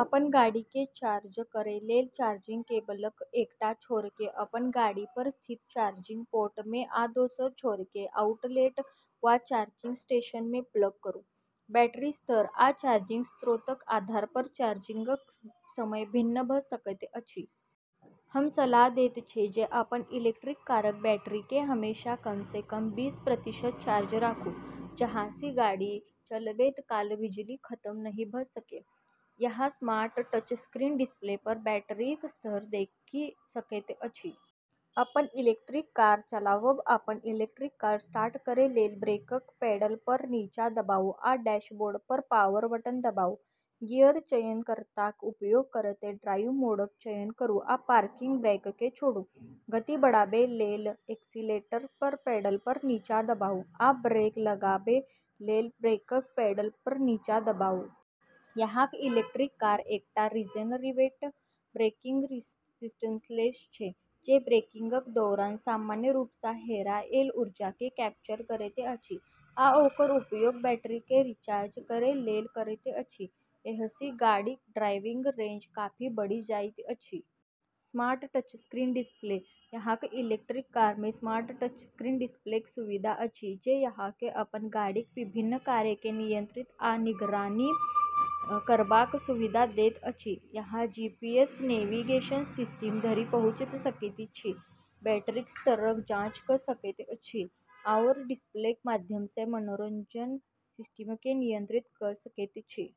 अपन गाड़ीकेँ चार्ज करै लेल चार्जिंग केबलक एकटा छोरकेँ अपन गाड़ीपर स्थित चार्जिंग पोर्टमे आ दोसर छोरकेँ आउटलेट वा चार्जिंग स्टेशनमे प्लग करू। बैटरी स्तर आ चार्जिंग स्रोतक आधारपर चार्जिंगक समय भिन्न भऽ सकैत अछि। हम सलाह दैत छी जे अपन इलेक्ट्रिक कारक बैटरीकेँ हमेशा कमसँ कम बीस प्रतिशत चार्ज राखू, जाहिसँ गाड़ी चलबैत काल बिजली खतम नहि भऽ सकै। अहाँ स्मार्ट टचस्क्रीन डिस्प्लेपर बैटरीक स्तर देखि सकैत छी। अपन इलेक्ट्रिक कार चलाबब अपन इलेक्ट्रिक कार स्टार्ट करै लेल ब्रेकक पैडलपर नीचा दबाउ आ डैशबोर्डपर पावर बटन दबाउ। गियर चयनकर्ताक उपयोग करैत ड्राइव मोडक चयन करू आ पार्किंग ब्रेककेँ छोड़ू। गति बढ़ाबै लेल एक्सीलेटरक पैडलपर नीचा दबाउ, आ ब्रेक लगाबै लेल ब्रेकक पैडलपर नीचा दबाउ। अहाँक इलेक्ट्रिक कार एकटा रिजनरेटिव ब्रेकिंग सिस्टमसँ लैस छै, जे ब्रेकिंगक दौरान सामान्य रूपसँ हेराएल ऊर्जाकेँ कैप्चर करैत अछि आ ओकर उपयोग बैटरीकेँ रिचार्ज करै लेल करैत अछि। एहिसँ गाड़ीक ड्राइविंग रेंज काफी बढ़ि जाइत अछि। स्मार्ट टचस्क्रीन डिस्प्ले अहाँक इलेक्ट्रिक कारमे स्मार्ट टचस्क्रीन डिस्प्लेक सुविधा अछि जे अहाँकेँ अपन गाड़ीक विभिन्न कार्यकेँ नियंत्रित आ निगरानी करबाक सुविधा दैत अछि। अहाँ जीपीएस नेविगेशन सिस्टम धरि पहुँचि सकैत छी, बैटरीक स्तरक जाँच कऽ सकैत छी, आओर डिस्प्लेक माध्यमसँ मनोरंजन सिस्टमकेँ नियंत्रित कऽ सकैत छी।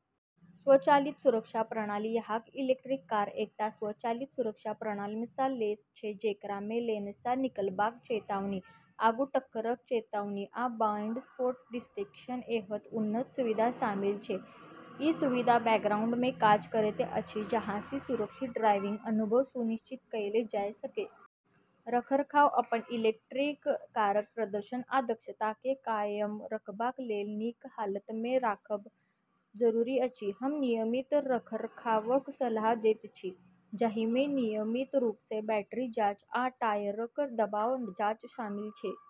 स्वचालित सुरक्षा प्रणाली अहाँक इलेक्ट्रिक कार एकटा स्वचालित सुरक्षा प्रणालीसँ लैस छै जेकरामे लेनसँ निकलबाक चेतावनी, आगूँ टक्करक चेतावनी, आ ब्लाइंड स्पॉट डिटेक्शन एहन उन्नत सुविधा शामिल छै। ई सुविधा बैकग्राउंडमे काज करैत अछि जाहिसँ सुरक्षित ड्राइविंग अनुभव सुनिश्चित कएल जा सकै। रखरखाव अपन इलेक्ट्रिक कारक प्रदर्शन आ दक्षताकेँ कायम रखबाक लेल नीक हालतमे राखब जरूरी अछि। हम नियमित रखरखावक सलाह दैत छी, जाहिमे नियमित रूपसँ बैटरी जाँच आ टायरक दबाव जाँच शामिल छै।